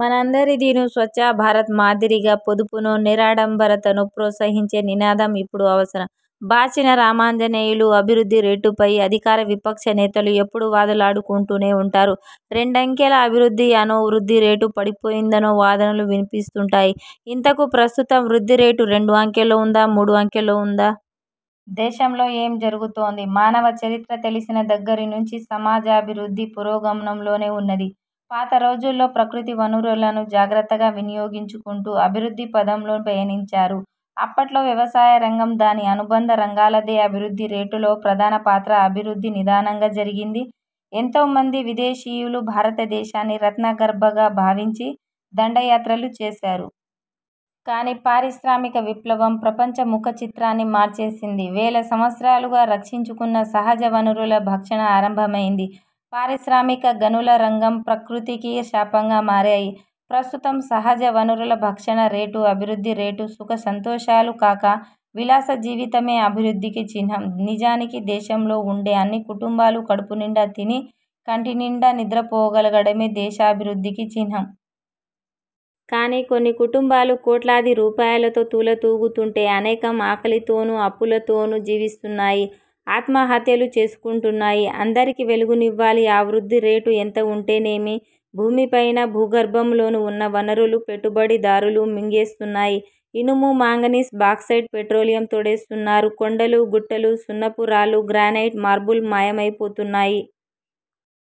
మనందరిదీనూ. 'స్వచ్ఛ భారత్' మాదిరిగా, పొదుపునూ, నిరాడంబరతనూ ప్రోత్సహించే నినాదం ఇప్పుడు అవసరం. బాచిన రామాంజనేయులు అభివృద్ధి రేటుపై అధికార, విపక్ష నేతలు ఎప్పుడూ వాదులాడుకుంటూనే ఉంటారు. రెండంకెల అభివృద్ధి అనో, వృద్ధి రేటు పడిపోయిందనో వాదనలు వినిపిస్తూంటాయి. ఇంతకూ ప్రస్తుతం వృద్ధిరేటు రెండు అంకెల్లో ఉందా, మూడు అంకెల్లో ఉందా? దేశంలో ఏం జరుగుతోంది? మానవ చరిత్ర తెలిసిన దగ్గర నుంచి సమాజాభివృద్ధి పురోగమనంలోనే ఉన్నది. పాత రోజుల్లో ప్రకృతి వనరులను జాగ్రత్తగా వినియోగించుకుంటూ అభివృద్ధి పథంలో పయనించారు. అప్పట్లో వ్యవసాయరంగం, దాని అనుబంధ రంగాలదే అభివృద్ధి రేటులో ప్రధాన పాత్ర. అభివృద్ధి నిదానంగా జరిగింది. ఎంతో మంది విదేశీయులు భారతదేశాన్ని రత్నగర్భగా భావించి దండయాత్రలు చేశారు. కానీ పారిశ్రామిక విప్లవం ప్రపంచ ముఖచిత్రాన్ని మార్చేసింది. వేల సంవత్సరాలుగా రక్షించుకున్న సహజ వనరుల భక్షణ ఆరంభమైంది. పారిశ్రామిక, గనుల రంగం ప్రకృతికి శాపంగా మారాయి. ప్రస్తుతం సహజ వనరుల భక్షణ రేటే అభివృద్ధి రేటు. సుఖసంతోషాలు కాక, విలాసజీవితమే అభివృద్ధికి చిహ్నం. నిజానికి, దేశంలో ఉండే అన్ని కుటుంబాలు కడుపునిండా తిని, కంటినిండా నిద్రపోగలగడమే దేశాభివృద్ధికి చిహ్నం. కానీ, కొన్ని కుటుంబాలు కోట్లాది రూపాయలతో తుల తూగుతుంటే, అనేకం ఆకలితోనూ, అప్పుల తోనూ జీవిస్తున్నాయి. ఆత్మహత్యలు చేసుకుంటున్నాయి. అందరికీ వెలుగునివ్వని ఆ వృద్ధి రేటు ఎంత ఉంటేనేమి? భూమిపైన, భూగర్భంలోనూ ఉన్న వనరులు పెట్టుబడిదారులు మింగేస్తున్నారు. ఇనుము, మాంగనీస్, బాక్సైట్, పెట్రోలియం తోడేస్తున్నారు. కొండలు, గుట్టలు, సున్నపురాళ్ళు, గ్రానైట్, మార్బల్ మాయమైపోతున్నాయి.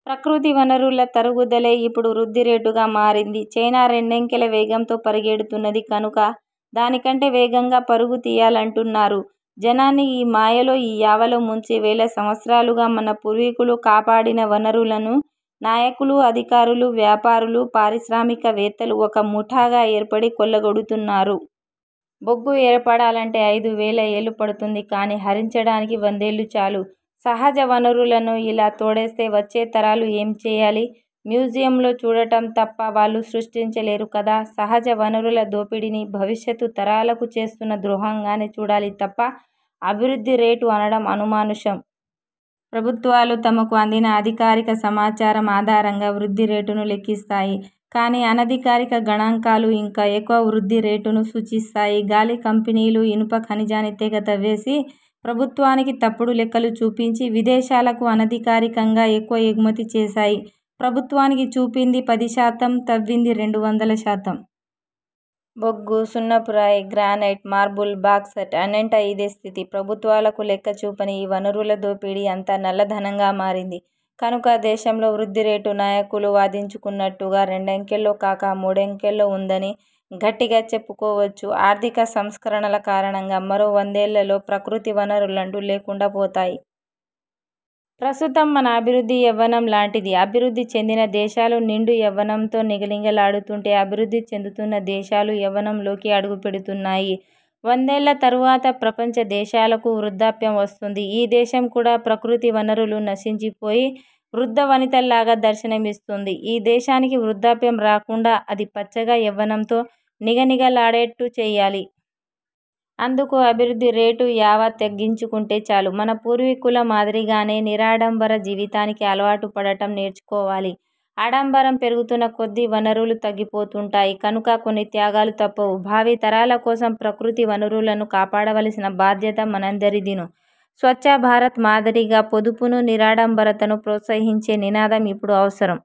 ప్రకృతివనరుల తరుగుదలే ఇప్పుడు వృద్ధిరేటుగా మారింది. చైనా రెండంకెల వేగంతో పరిగెడుతున్నది కనుక దానికంటే వేగంగా పరు గుతీయాలంటున్నారు. జనాన్ని ఈ మాయలో, ఈ యావలో ముంచి, వేల సంవత్సరాలుగా మన పూర్వీకులు కాపాడిన వనరులను నాయకులు, అధికారులు, వ్యాపారులు, పారిశ్రామికవేత్తలు ఒక ముఠాగా ఏర్పడి కొల్లగొడుతున్నారు. బొగ్గు ఏర్పడాలంటే ఐదు వేల ఏళ్ళు పడుతుంది. కానీ, హరించడానికి వందేళ్ళు చాలు. సహజ వనరులను ఇలా తోడేస్తే వచ్చే తరాలు ఏం చేయాలి? మ్యూజియంలో చూడటం తప్ప వాళ్ళు సృష్టించలేరు కదా? సహజ వనరుల దోపిడీని భవిష్యత్తు తరాలకు చేస్తున్న ద్రోహంగానే చూడాలి తప్ప, అభివృద్ధి రేటు అనడం అమానుషం. ప్రభుత్వాలు తమకు అందిన అధికారిక సమాచారం ఆధారంగా వృద్ధి రేటును లెక్కిస్తాయి. కానీ, అనధికారిక గణాంకాలు ఇంకా ఎక్కువ వృద్ధి రేటునే సూచిస్తాయి. 'గాలి' కంపెనీలు ఇనుప ఖనిజాన్ని తెగతవ్వేసి, ప్రభుత్వానికి తప్పుడు లెక్కలు చూపించి, విదేశాలకు అనధికారికంగా ఎక్కువ ఎగుమతి చేశాయి. ప్రభుత్వానికి చూపింది పదిశాతం, తవ్వింది రెండు వందలశాతం. బొగ్గు, సున్నపురాయి, గ్రానైట్, మార్బల్, బాక్సైట్ అన్నింటా ఇదే స్థితి. ప్రభుత్వాలకు లెక్క చూపని ఈ వనరుల దోపిడీ అంతా నల్ల ధనంగా మారింది. కనుక, దేశంలో వృ ద్ధిరేటు నాయకులు వాదించుకుంటున్నట్టుగా రెండంకెల్లో కాక, మూడంకెల్లో ఉందని గట్టిగా చెప్పుకోవచ్చు. ఆర్థిక సంస్కరణల కారణంగా మరో వందేళ్ళలో ప్రకృతి వనరులంటూ లేకుండాపోతాయి. ప్రస్తుతం మన అభివృద్ధి యవ్వనం లాంటిది. అభివృద్ధి చెందిన దేశాలు నిండు యవ్వనంతో నిగనిగలాడుతుంటే, అభివృద్ధి చెందుతున్న దేశాలు యవ్వనంలోకి అడుగుపెడుతున్నాయి. వందేళ్ళ తరువాత ప్రపంచ దేశాలకు వృద్ధాప్యం వస్తుంది. ఈ దేశం కూడా ప్రకృతి వనరులు నశించిపోయి వృద్ధ వనితలాగా దర్శనమిస్తుంది. ఈ దేశానికి వృద్ధాప్యం రాకుండా అది పచ్చగా, యవ్వనంతో నిగనిగలాడేట్టు చేయాలి. అందుకు, అభివృద్ధిరేటు యావ తగ్గించుకుంటే చాలు. మన పూర్వీకుల మాదిరిగానే నిరాడంబర జీవితానికి అలవాటుపడటం నేర్చుకోవాలి. ఆడంబరం పెరుగుతున్నకొద్దీ వనరులు తగ్గిపోతుంటాయి కనుక, కొన్ని త్యాగాలు తప్పవు. భావి తరాలకోసం ప్రకృతి వనరులను కాపాడవలసిన బాధ్యత మనందరిదీనూ. 'స్వచ్ఛభారత్' మాదిరిగా, పొదుపునూ, నిరాడంబరతనూ ప్రోత్సహించే నినాదం ఇప్పుడు అవసరం.